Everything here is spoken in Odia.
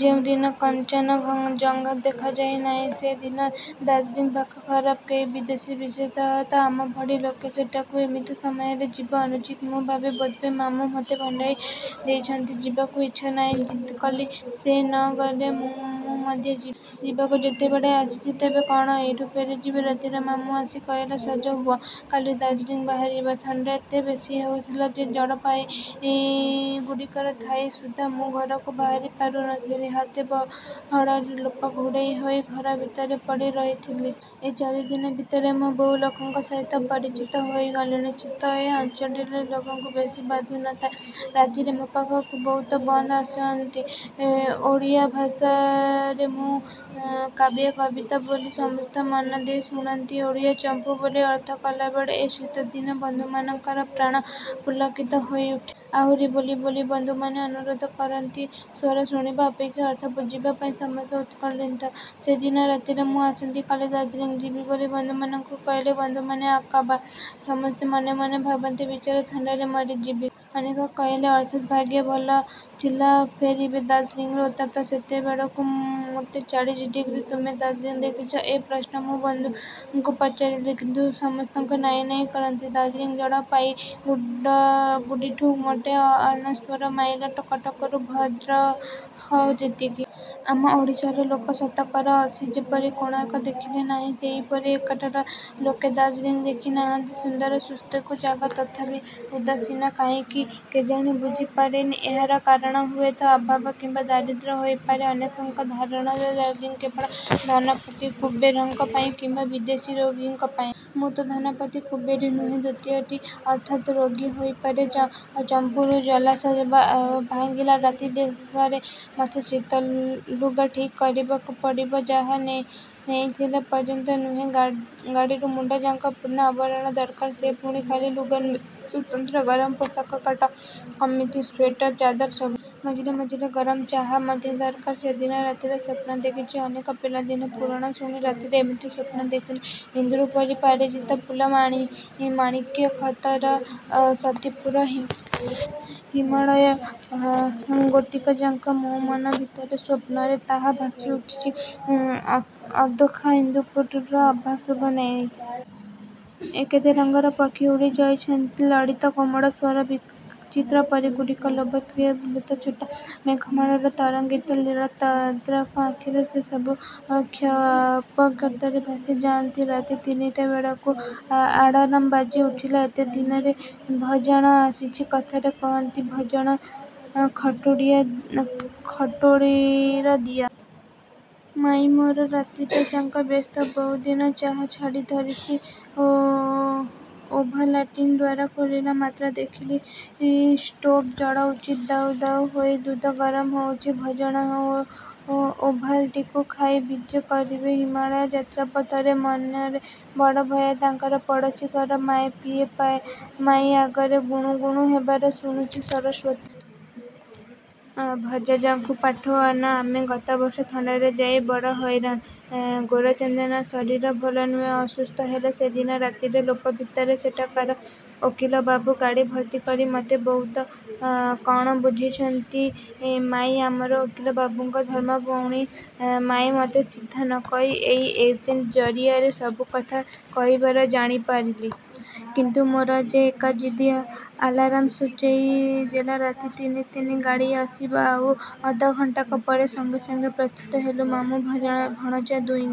ଯେଉଁଦିନ କାଞ୍ଚନଜଙ୍ଘା ଦେଖାଯିବ। ନାହିଁ ସେ ଦିନ ଦାର୍ଜିଲିଂ ପାଗ ଖରାପ। କେହି ବିଦେଶୀ ବିଶେଷତଃ ଆମ ଭଳି ଲୋକ ସେଠାକୁ ଏମିତି ସମୟରେ ଯିବା ଅନୁଚିତ। ମୁଁ ଭାବେ ବୋଧହୁଏ ମାମୁଁ ମତେ ଭଣ୍ଡେଇ ଦେଉଛନ୍ତି। ଯିବାକୁ ଇଚ୍ଛା ନାହିଁ। ଜିଦ୍ କଲି, ସେ ନ ଗଲେ ମଧ୍ୟ ମୁଁ ଯିବି। ଯିବାକୁ ଯେତେବେଳେ ଆସିଛ ତେବେ କଣ ଏଇଠୁ ଫେରିଯିବି? ରାତିରେ ମାମୁଁ ଆସି କହିଲେ–ସଜ ହୁଅ, କାଲି ଦାର୍ଜିଲିଂ ବାହାରିବା। ଥଣ୍ଡା ଏତେ ବେଶୀ ହେଉଥାଏ ଯେ ଜଳପାଇଗୁଡ଼ିରେ ଥାଇ ସୁଦ୍ଧା ମୁଁ ଘରୁ ବାହାରି ପାରୁନଥାଏ। ହାତେ ବହଳର ଲେପ ଘୋଡ଼େଇ ହୋଇ ଘର ଭିତରେ ପଡ଼ି ରହିଥାଏ। ଏହି ଚାରିଦିନ ଭିତରେ ମୁଁ ବହୁ ଲୋକଙ୍କ ସହିତ ପରିଚିତ ହୋଇଗଲିଣି। ଶୀତ ଏ ଅଞ୍ଚଳର ଲୋକଙ୍କୁ ବେଶୀ ବାଧୁ ନ ଥାଏ। ରାତିରେ ମୋ ପାଖକୁ ବହୁତ ବନ୍ଧୁ ଆସନ୍ତି। ଓଡ଼ିଆ ଭାଷାରେ ମୁଁ କାବ୍ୟ କବିତା ବୋଲେ। ସମସ୍ତେ ମନଦେଇ ଶୁଣନ୍ତି। ଓଡ଼ିଆ ଚମ୍ପୁ ବୋଲି ଅର୍ଥ କଲାବେଳେ ଏ ଶୀତଦିନେ ବନ୍ଧୁମାନଙ୍କର ପ୍ରାଣ ପୁଲକିତ ହୋଇଉଠେ। ଆହୁରି ବୋଲ ବୋଲି ବନ୍ଧୁମାନେ ଅନୁରୋଧ କରନ୍ତି-। ସ୍ୱର ଶୁଣିବା ଅପେକ୍ଷା ଅର୍ଥ ବୁଝିବା ପାଇଁ ସମସ୍ତେ ଉତ୍କଣ୍ଠିତ। ସେଦିନ ରାତିରେ ମୁଁ ଆସନ୍ତା କାଲି ଦାର୍ଜିଲିଂ ଯିବି ବୋଲି ବନ୍ଧୁମାନଙ୍କ କହିଲି। ବନ୍ଧୁମାନେ ଅବାକ୍। ସମସ୍ତେ ମନେ ମନେ ଭାବନ୍ତି, ବିଚରା ଥଣ୍ଡାରେ ମରିଯିବ। ଅନେକେ କହିଲେ–!! –ଅର୍ଥାତ୍ ଭାଗ୍ୟ ଭଲ ଥିଲେ ଫେରିବେ। ଦାର୍ଜିଲିଂର ଉତ୍ତାପ ସେତିକିବେଳକୁ ମୋଟେ ଚାଳିଶ ଡିଗ୍ରୀ! ''ତୁମେ ଦାର୍ଜିଲିଂ ଦେଖିଚ''–ଏ ପ୍ରଶ୍ନ ମୁଁ ବନ୍ଧୁଙ୍କୁ ପଚାରିଚି। କିନ୍ତୁ ସମସ୍ତେ ନାହିଁ ନାହିଁ କରନ୍ତି। ଦାର୍ଜିଲିଂ ଜଳପାଇଗୁଡ଼ିଠୁ ମୋଟେ ଅଣସ୍ତରି ମାଇଲି, କଟକରୁ ଭଦ୍ରଖ ଯେତିକି। ଆମ ଓଡ଼ିଶାର ଲୋକ ଶତକରା ଅଶି ଯେପରି କୋଣାର୍କ ଦେଖି ନାହାନ୍ତି –ସେହିପରି ଏଠାକାର ଲୋକେ ଦାର୍ଜିଲିଂ ଦେଖି ନାହାନ୍ତି। ସୁନ୍ଦର ସ୍ୱାସ୍ଥ୍ୟକର ଜାଗା। ତଥାପି ଉଦାସୀନତା କାହିଁକି କେଜାଣି ବୁଝି ପାରେନା-। ଏହାର କାରଣ ହୁଏତ ଅଭାବ କିମ୍ବା ଦାରିଦ୍ର୍ୟ ହୋଇପାରେ। ଅନେକଙ୍କ ଧାରଣା ଯେ ଦାର୍ଜିଲିଂ କେବଳ ଧନପତି କୁବେରଙ୍କ ପାଇଁ କିମ୍ବା ବିଦେଶୀ ରୋଗୀଙ୍କ ପାଇଁ। ମୁଁ ତ ଧନପତି କୁବେର ନୁହେଁ–ଦ୍ୱିତୀୟଟି ଅର୍ଥାତ୍ ରୋଗୀ ହୋଇପାରେ। ଚମ୍ପୁର ଜଲସା ଭାଙ୍ଗିଲା ରାତି ଦଶରେ। ମତେ ଶୀତ ଲୁଗା ଠିକ୍ କରିବାକୁ ପଡ଼ିବ। ଯାହା ନେଇଥିଲି ପର୍ଯ୍ୟାପ୍ତ ନୁହେଁ। ଗୋଡ଼ରୁ ମୁଣ୍ଡ ଯାଏଁ ପୂର୍ଣ୍ଣ ଆବରଣ ଦରକାର। ସେ ପୁଣି ଖାଲି ଲୁଗା ନୁହେଁ–ସ୍ୱତନ୍ତ୍ର ଗରମ ପୋଷାକ, କୋଟ, କମିକ, ସ୍ୱେଟର, ଚାଦର ସବୁ। ମଝିରେ ମଝିରେ ଗରମ ଚାହା ମଧ୍ୟ ଦରକାର-। ସେଦିନ ରାତିରେ ସ୍ୱପ୍ନ ଦେଖଚି ଅନେକ। ପିଲାଦିନେ ପୁରାଣ ଶୁଣି ରାତିରେ ଏମିତି ସ୍ୱପ୍ନ ଦେଖେ। ଇନ୍ଦ୍ରପୁରୀ–ପାରିଜାତ ଫୁଲ–ମଣିମାଣିକ୍ୟ ଖଚିତ ସଚୀପୁର। ହିମାଳୟ ଗୋଟାକଯାକ ମୋ ମନ ଭିତରେ। ସ୍ୱପ୍ନରେ ତାହା ଭାସିଉଠୁଚି ଅଦେଖା ଇନ୍ଦ୍ରପୁରୀର ଆଭା ଶୋଭା ନେଇ। କେତେ ରଙ୍ଗର ପକ୍ଷୀ ଉଡ଼ି ଯାଉଛନ୍ତି–ଲଳିତ କୋମଳ ସ୍ୱର। ବିଚିତ୍ର ପରୀଗୁଡ଼ିକର ଲୋଭନୀୟ ଭ୍ରୁଲତା ଛଟା। ମେଘମାଳାର ତରଙ୍ଗାୟିତ ଲୀଳା। ତନ୍ଦ୍ରାଳୁ ଆଖିରେ ସେ ସବୁ କ୍ଷିପ୍ରଗତିରେ ଭାସିଯାଆନ୍ତି। ରାତି ତିନିଟା ବେଳକୁ ଆଲରାମ ବାଜି ଉଠିଲା–। ଏତେ ଦିନରେ ଭଣଜା ଆସିଚି। କଥାରେ କହନ୍ତି ଭଣଜା ଖଟୁଳିର ଦିଅଁ। ମାଇଁ ମୋର ରାତିଟାଯାକ ବ୍ୟସ୍ତ। ବହୁଦିନୁ ଚାହା ଛାଡ଼ି ଧରିଚି ଓଭାଲାଟିନ୍। ଦ୍ୱାର ଖୋଲିଲା ମାତ୍ରେ ଦେଖିଲି ଷ୍ଟୋଭ ଜଳିଉଠିଚି ଦାଉ ଦାଉ ହୋଇ। ଦୁଧ ଗରମ ହେଉଛି, ଭଣଜା ଓଭାଲଟିକ୍ ଖାଇ ବିଜେ କରିବେ ହିମାଳୟ ଯାତ୍ରାପଥରେ। ମନରେ ବଡ଼ ଭୟ ତାଙ୍କର। ପଡ଼ିଶା ଘର ମାଇପିଏ ମାଇଁ ଆଗରେ ଗୁଣୁଗୁଣୁ ହେବାର ଶୁଣିଚି–ସରସ୍ୱତୀ! ଭଣଜାକୁ ପଠାଅନା, ଆମେ ଗତବର୍ଷ ଥଣ୍ଡାରେ ଯାଇ ବଡ଼ ହଇରାଣ। ଗୋରାଚାନ୍ଦର ଶରୀର ଭଲ ନୁହେଁ–ଅସୁସ୍ଥ ହେବ। ସେଦିନ ରାତିରେ ଲୋପ ଭିତରେ ସେଠାକାର ଓକିଲବାବୁ ଗୋଡ଼ ଭର୍ତ୍ତି କରି ମତେ ବହୁତ କଣ ବୁଝେଇଛନ୍ତି–ମାଇଁ ଆମର ଓକିଲ ବାବୁଙ୍କ ଧର୍ମଭଉଣୀ। ମାଇଁ ମତେ ସିଧା ନ କହି ଏଇ ଏଜେଣ୍ଟ ଜରିଆରେ ସବୁ କଥା କହିବାର ଜାଣିପାରିଲି। କିନ୍ତୁ ମୋର ଯେ ଏକା ଜିଦ୍! ଆଲାରାମ ସୂଚେଇ ଦେଲା ରାତି ତିନି–ଗାଡ଼ି ଆସିବ ଆଉ ଅଧଘଣ୍ଟାକ ପରେ। ସଙ୍ଗେ ସଙ୍ଗେ ପ୍ରସ୍ତୁତ ହେଲୁ ମାମୁଁ ଭଣଜା ଦୁହେଁ।